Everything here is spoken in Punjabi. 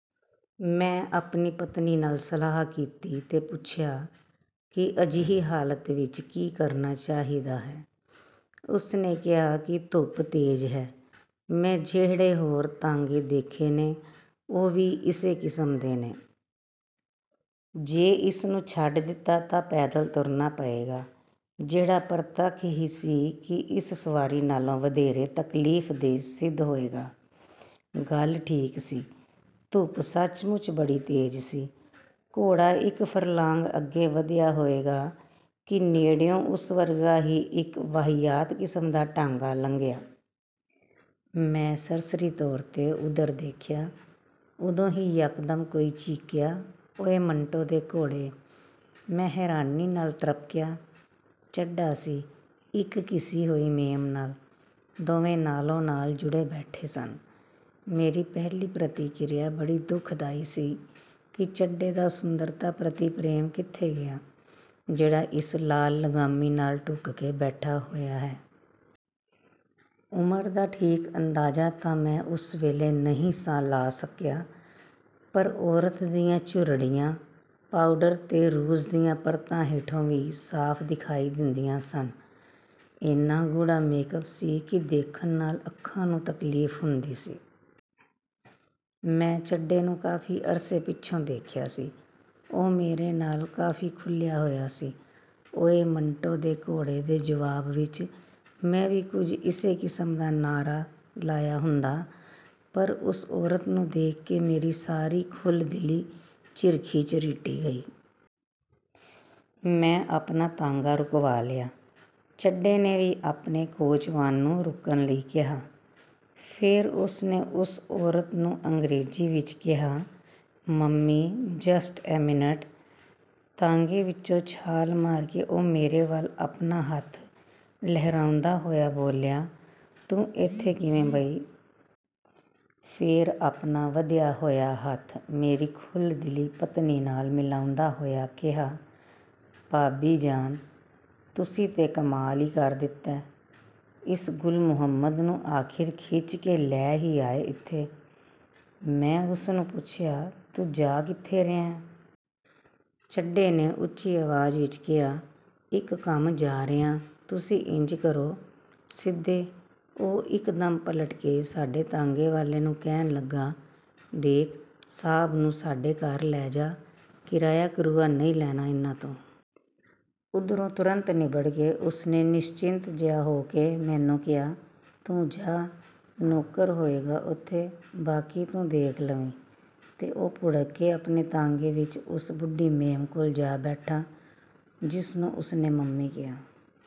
ਮੈਂ ਆਪਣੀ ਪਤਨੀ ਨਾਲ ਸਲਾਹ ਕੀਤੀ ਤੇ ਪੁੱਛਿਆ ਕਿ ਅਜਿਹੀ ਹਾਲਤ ਵਿਚ ਕੀ ਕਰਨਾ ਚਾਹੀਦਾ ਹੈ। ਉਸਨੇ ਕਿਹਾ ਕਿ 'ਧੁੱਪ ਤੇਜ਼ ਹੈ। ਮੈਂ ਜਿਹੜੇ ਹੋਰ ਤਾਂਗੇ ਦੇਖੇ ਨੇ ਉਹ ਵੀ ਇਸੇ ਕਿਸਮ ਦੇ ਨੇ। ਜੇ ਇਸ ਨੂੰ ਛੱਡ ਦਿੱਤਾ ਤਾਂ ਪੈਦਲ ਤੁਰਨਾ ਪਏਗਾ, ਜਿਹੜਾ ਪਰਤੱਖ ਹੀ ਸੀ ਕਿ ਇਸ ਸਵਾਰੀ ਨਾਲੋਂ ਵਧੇਰੇ ਤਕਲੀਫ ਦੇਅ ਸਿੱਧ ਹੋਏਗਾ। ' ਗੱਲ ਠੀਕ ਸੀ। ਧੁੱਪ ਸੱਚਮੁੱਚ ਬੜੀ ਤੇਜ਼ ਸੀ। ਘੋੜਾ ਇਕ ਫਰਲਾਂਗ ਅੱਗੇ ਵਧਿਆ ਹੋਏਗਾ ਕਿ ਨੇੜਿਓਂ ਉਸ ਵਰਗਾ ਹੀ ਇਕ ਵਾਹਿਯਾਤ ਕਿਸਮ ਦਾ ਟਾਂਗਾ ਲੰਘਿਆ। ਮੈਂ ਸਰਸਰੀ ਤੌਰ 'ਤੇ ਉਧਰ ਦੇਖਿਆ। ਉਦੋਂ ਹੀ ਯਕਦਮ ਕੋਈ ਚੀਕਿਆ, "ਓਇ, ਮੰਟੋ ਦੇ ਘੋੜੇ! " ਮੈਂ ਹੈਰਾਨੀ ਨਾਲ ਤ੍ਰਬਕਿਆ। ਚੱਡਾ ਸੀ, ਇਕ ਘਿਸੀ ਹੋਈ ਮੇਮ ਨਾਲ। ਦੋਵੇਂ ਨਾਲੋ-ਨਾਲ ਜੁੜੇ ਬੈਠੇ ਸਨ। ਮੇਰੀ ਪਹਿਲੀ ਪ੍ਰਤੀਕ੍ਰਿਆ ਬੜੀ ਦੁਖਦਾਈ ਸੀ ਕਿ ਚੱਡੇ ਦਾ ਸੁੰਦਰਤਾ ਪ੍ਰਤੀ ਪ੍ਰੇਮ ਕਿੱਥੇ ਗਿਆ, ਜਿਹੜਾ ਇਸ ਲਾਲ-ਲਗਾਮੀਂ ਨਾਲ ਢੁੱਕ ਕੇ ਬੈਠਾ ਹੋਇਆ ਹੈ। ਉਮਰ ਦਾ ਠੀਕ ਅੰਦਾਜ਼ਾ ਤਾਂ ਮੈਂ ਉਸ ਵੇਲੇ ਨਹੀਂ ਸਾਂ ਲਾ ਸਕਿਆ, ਪਰ ਔਰਤ ਦੀਆਂ ਝੁਰੜੀਆਂ, ਪਾਊਡਰ ਤੇ ਰੂਜ਼ ਦੀਆਂ ਪਰਤਾਂ ਹੇਠੋਂ ਵੀ ਸਾਫ ਦਿਖਾਈ ਦਿੰਦੀਆਂ ਸਨ। ਏਨਾ ਗੂੜ੍ਹਾ ਮੇਕਅੱਪ ਸੀ ਕਿ ਦੇਖਣ ਨਾਲ ਅੱਖਾਂ ਨੂੰ ਤਕਲੀਫ ਹੁੰਦੀ ਸੀ। ਮੈਂ ਚੱਡੇ ਨੂੰ ਕਾਫੀ ਅਰਸੇ ਪਿੱਛੋਂ ਦੇਖਿਆ ਸੀ। ਉਹ ਮੇਰੇ ਨਾਲ ਕਾਫੀ ਖੁੱਲਿਆ ਹੋਇਆ ਸੀ। 'ਓਇ, ਮੰਟੋ ਦੇ ਘੋੜੇ' ਦੇ ਜਵਾਬ ਵਿਚ ਮੈਂ ਵੀ ਕੁਝ ਇਸੇ ਕਿਸਮ ਦਾ ਨਾਅਰਾ ਲਾਇਆ ਹੁੰਦਾ, ਪਰ ਉਸ ਔਰਤ ਨੂੰ ਦੇਖ ਕੇ ਮੇਰੀ ਸਾਰੀ ਖੁੱਲ੍ਹ-ਦਿਲੀ ਝਿਰਖੀ-ਝਰੀਟੀ ਗਈ। ਮੈਂ ਆਪਣਾ ਤਾਂਗਾ ਰੁਕਵਾ ਲਿਆ। ਚੱਡੇ ਨੇ ਵੀ ਆਪਣੇ ਕੋਚਵਾਨ ਨੂੰ ਰੁਕਣ ਲਈ ਕਿਹਾ। ਫੇਰ ਉਸਨੇ ਉਸ ਔਰਤ ਨੂੰ ਅੰਗਰੇਜ਼ੀ ਵਿਚ ਕਿਹਾ, "ਮੰਮੀ, ਜਸਟ ਏ ਮਿੰਟ। " ਤਾਂਗੇ ਵਿਚੋਂ ਛਾਲ ਮਾਰ ਕੇ ਉਹ ਮੇਰੇ ਵੱਲ ਆਪਣਾ ਹੱਥ ਲਹਿਰਾਉਂਦਾ ਹੋਇਆ ਬੋਲਿਆ, "ਤੂੰ ਏਥੇ ਕਿਵੇਂ ਬਈ? " ਫੇਰ ਆਪਣਾ ਵਧਿਆ ਹੋਇਆ ਹੱਥ ਮੇਰੀ ਖੁੱਲ੍ਹ-ਦਿਲੀ ਪਤਨੀ ਨਾਲ ਮਿਲਾਉਂਦਿਆਂ ਹੋਇਆਂ ਕਿਹਾ, "ਭਾਬੀ ਜਾਨ, ਤੁਸੀਂ ਤੇ ਕਮਾਲ ਈ ਕਰ ਦਿੱਤੈ! ਇਸ ਗੁਲਮੁਹੰਮਦ ਨੂੰ ਆਖ਼ਰ ਖਿੱਚ ਕੇ ਲੈ ਹੀ ਆਏ ਇੱਥੇ! " ਮੈਂ ਉਸਨੂੰ ਪੁੱਛਿਆ, "ਤੂੰ ਜਾ ਕਿੱਥੇ ਰਿਹੈਂ? " ਚੱਡੇ ਨੇ ਉੱਚੀ ਆਵਾਜ਼ ਵਿਚ ਕਿਹਾ, "ਇਕ ਕੰਮ ਜਾ ਰਿਹਾਂ ਤੁਸੀਂ ਇੰਜ ਕਰੋ, ਸਿੱਧੇ " ਉਹ ਇਕਦਮ ਪਲਟ ਕੇ ਸਾਡੇ ਤਾਂਗੇ ਵਾਲੇ ਨੂੰ ਕਹਿਣ ਲੱਗਾ, "ਦੇਖ, ਸਾਹਬ ਨੂੰ ਸਾਡੇ ਘਰ ਲੈ ਜਾਅ ਕਿਰਾਇਆ ਕਰੂਆ ਨਹੀਂ ਲੈਣਾ ਇਹਨਾਂ ਤੋਂ। " ਓਧਰੋਂ ਤੁਰੰਤ ਨਿੱਬੜ ਕੇ ਉਸਨੇ ਨਿਸ਼ਚਿੰਤ ਜਿਹਾ ਹੋ ਕੇ ਮੈਨੂੰ ਕਿਹਾ, "ਤੂੰ ਜਾਹ, ਨੌਕਰ ਹੋਏਗਾ ਉੱਥੇ, ਬਾਕੀ ਤੂੰ ਦੇਖ ਲਵੀਂ। " ਤੇ ਉਹ ਭੁੜਕ ਕੇ ਆਪਣੇ ਤਾਂਗੇ ਵਿਚ ਉਸ ਬੁੱਢੀ ਮੇਮ ਕੋਲ ਜਾ ਬੈਠਾ, ਜਿਸਨੂੰ ਉਸਨੇ ਮੰਮੀ ਕਿਹਾ